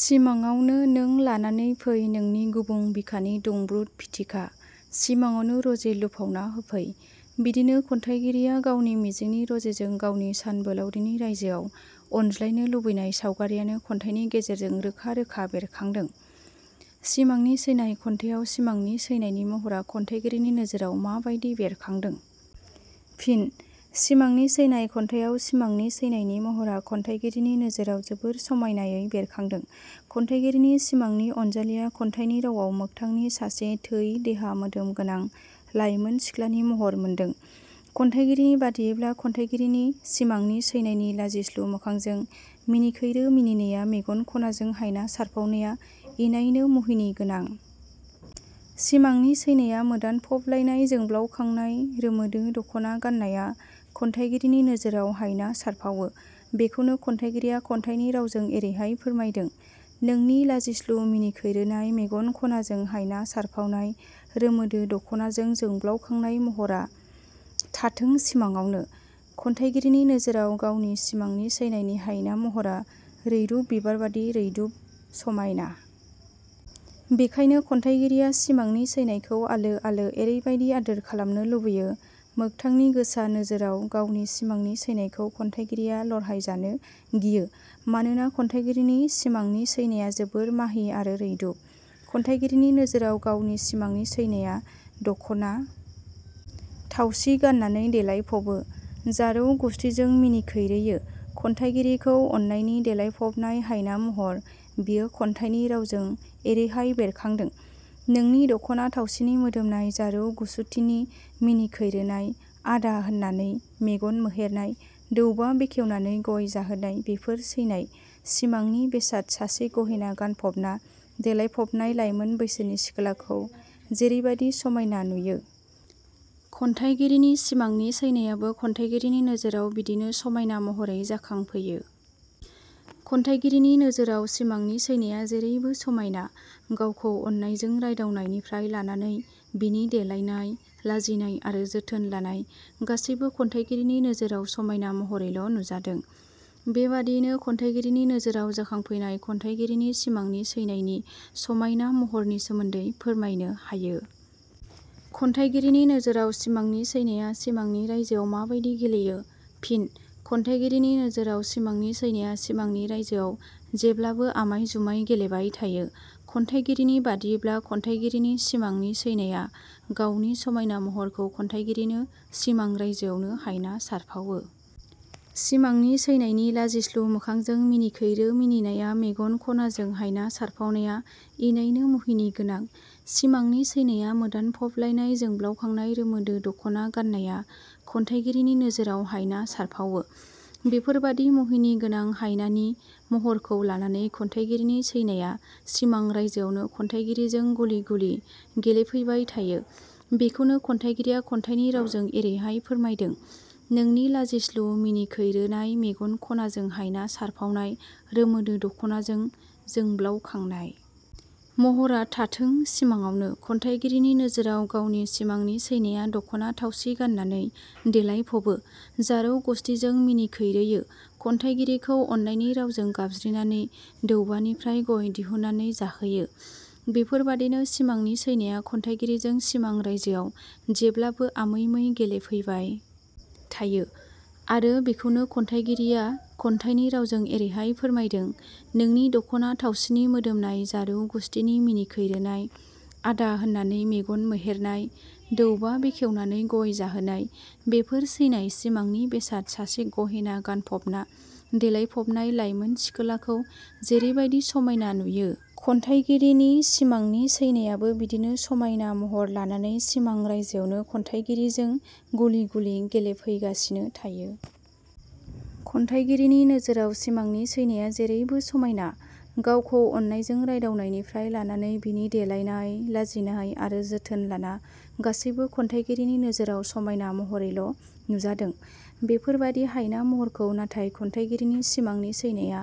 सिमाङावनो नों लानानै फै नोंनि गुबुं बिखानि दुंब्रुद फिथिखा सिमाङावनो रजे लुफावना होफै। बिदिनो खन्थाइगिरिया गावनि मिजिंनि रजेजों गावनि सानबोलावरिनि रायजोआव अनज्लायनो लुबैनाय सावगारियानो खन्थाइनि गेजेरजों रोखा रोखा बेरखादों।. सिमांनि सैनाय' खन्थाइयाव सिमांनि सैनायनि महरा खन्थाइगिरिनि नोजोराव माबादि बेरखांदों? फिनः 'सिमांनि सैनाय' खन्थाइयाव सिमांनि सैनायनि महरा खन्थाइगिरिनि नोजोराव जोबोर समायनायै बेरखांदों। खन्थाइगिरिनि सिमांनि अनजालिया खन्थाइनि रावाव मोगथांनि सासे थै, देहा मोदोम गोनां लाइमोन सिख्लानि महर मोनदों। खन्थाइगिरिनि बादियैब्ला खन्थाइगिरिनि सिमांनि सैनायनि लाजिस्लु मोखांजों मिनिखैरो मिनिनाया, मेगन खनाजों हायना सारफावनाया इनायनो मुहिनि गोनां। सिमांनि सैनाया मोदानफबलायनाय जोंब्लावखांनाय रोमोदो दखना गाननाया खन्थाइगिरिनि नोजोराव हायना सारफावो। बेखौनो खन्थाइगिरिया खन्थाइनि रावजों एरैहाय फोरमायदों- नोंनि लाजिस्लु मिनिखैरोनाय मेगन खनाजों हायना सारफावनाय रोमोदो दखनाजों जोब्लाउखांनाय। महरा थाथों सिमाडावनो। खन्थाइगिरिनि नोजोराव गावनि सिमांनि सैनायनि हायना महरा रैरुब बिबारबादि रैदुब समायना। बेखायनो खन्थाइगिरिया सिमांनि सैनायखौ आलो आलो एरैबादि आदोर खालामनो लुबैयो, मोगथांनि गोसा नोजोराव गावनि सिमांनि सैनायखौ खन्थाइगिरिया लरहायजानो गियो। मानोना खन्थाइगिरिनि सिमांनि सैनाया जोबोर माहि आरो रैदुब। खन्थाइगिरिनि नोजोराव गावनि सिमांनि सैनाया दखना थावसि गाननानै देलायफबो, जारौ गुसथिजों मिनिखैरोयो, खन्थाइगिरिखौ अननायनि देलायफबनाय हायना महर, बेयो खन्थाइनि रावजों एरैहाय बेरखांदों- नोंनि दखना थावसिनि मोदोमनाय जारौ गुसथिनि मिनिखैरोनाय, 'आदा' होननानै मेगन मोहेरनाय दौबा बेखेवनानै गय जाहोनाय बेफोर सैनाय सिमांनि बेसाद सासे गहेना गानफबना देलायफबनाय लाइमोन बैसोनि सिखोलाखौ जेरैबादि समायना नुयो, खन्थाइगिरिनि सिमांनि सैनायाबो खन्थाइगिरिनि नोजोराव बिदिनो समायना महरै जाखांफैयो। खन्थाइगिरिनि नोजोराव सिमांनि सैनाया जैरैबो समायना। गावखौ अननायजों रायदावनायनिफ्राय लानानै बिनि देलायनाय, लाजिनाय आरो जोथोन लानाय गासैबो खन्थाइगिरिनि नोजोराव समायना महरैल' नुजादों। बेबादियैनो खन्थाइगिरिनि नोजोराव जाखांफैनाय खन्थाइगिरिनि सिमांनि सैनायनि समायना महरनि सोमोन्दै फोरमायनो हायो।. खन्थाइगिरिनि नोजोराव सिमांनि सैनाया सिमांनि रायजोआव माबादि गेलेयो? फिनः खन्थाइगिरिनि नोजोराव सिमांनि सैनाया सिमांनि रायजोआव जेब्लाबो आमाय जुमाय गेलेबाय थायो। खन्थाइगिरिनि बादियैब्ला खन्थाइगिरिनि सिमांनि सैनाया गावनि समाइना महरखौ खन्थाइगिरिनो सिमां रायजोआवनो हायना सारफावो। सिमांनि सैनायनि लाजिस्लु मोखांजों मिनिखैरो मिनिनाया, मेगन खनाजों हायना सारफावनाया इनायनो मुहिनि गोनां। सिमांनि सैनाया मोदानफबलायनाय जोंब्लावखांनाय रोमोदो दखना गाननाया खन्थाइगिरिनि नोजोराव हायना सारफावो। बेफोरबादि मुहिनि गोनां हायनानि महरखौ लानानै खन्थाइगिरिनि सैनाया सिमां रायजोआवनो खन्थाइगिरिजों गुलि गुलि गेलेफैबाय थायो बेखौनो खन्थाइगिरिया खन्थाइनि रावजों एरैहाय फोरमायदों- नोंनि लाजिस्लु मिनिखैरोनाय मेगन खनाजों हायना सारफावनाय रोमोदो दखनाजों जोब्लावखांनाय। महरा थांथों सिमाङावनो। खन्थाइगिरिनि नोजोराव गावनि सिमांनि सैनाया दख'ना थावसि गाननानै देलायफबो, जारौ गुसथिजों मिनिखैरोयो, खन्थाइगिरिखौ अननायनि रावजों गाबज्रिनाने दौबानिफ्राय गय दिहुननानै जाहोयो। बेफोरबादिनो सिमांनि सैनाया खन्थाइगिरिजों सिमां रायजोआव जेब्लाबो आमै मै गेलेफैबाय थायो आरो बेखौनो खन्थाइगिरिया खन्थाइनि रावजों एरैहाय फोरमायदों- नोंनि दख'ना थावसिनि मोदोमनाय जारौ गुसथिनि मिनिखैरोनाय, 'आदा' होननानै मेगन मोहेरनाय दौबा बेखेवनानै गय जाहोनाय- बेफोर सैनाय सिमांनि बेसाद सासे गहेना गानफबना देलायफ़बनाय लाइमोन सिखोलाखौ जेरैबादि समाइना नुयो, खन्थाइगिरिनि सिमांनि सैनायाबो बिदिनो समायना महर लानानै सिमां रायजोआवनो खन्थाइगिजिरिजों गुलि गुलि गेलेफैगासिनो थायो। खन्थाइगिरिनि नोजोराव सिमांनि सैनाया जेरैबो समायना। गावखौ अननायजों रायदावनायनिफ्राय लानानै बिनि देलायनाय, लाजिनाय आरो जोथोन लाना गासैबो खन्थाइगिरिनि नोजोराव समायना महरैल' नुजादों। बेफोर बादि हायना महरखौ नाथाय खन्थाइगिरिनि सिमांनि सैनाया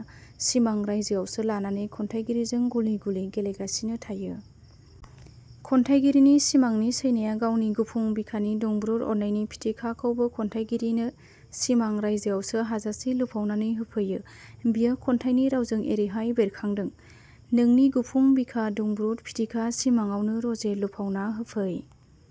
सिमां रायजोआवसो लानानै खन्थाइगिरिजों गुलि गुलि गेलेगासिनो थायो। खन्थाइगिरिनि सिमांनि सैनाया गावनि गुफुं बिखानि दुंब्रुद अननायनि फिथिखाखौबो खन्थाइगिरिनो सिमां रायजोआवसो हाजासे लुफावनानै होफैयो बेयो खन्थाइनि रावजों एरैहाय बेरखादों- नोंनि गुफुं बिखा दुंब्रुद फिथिखा सिमाङावनो रजे लुफावना होफै।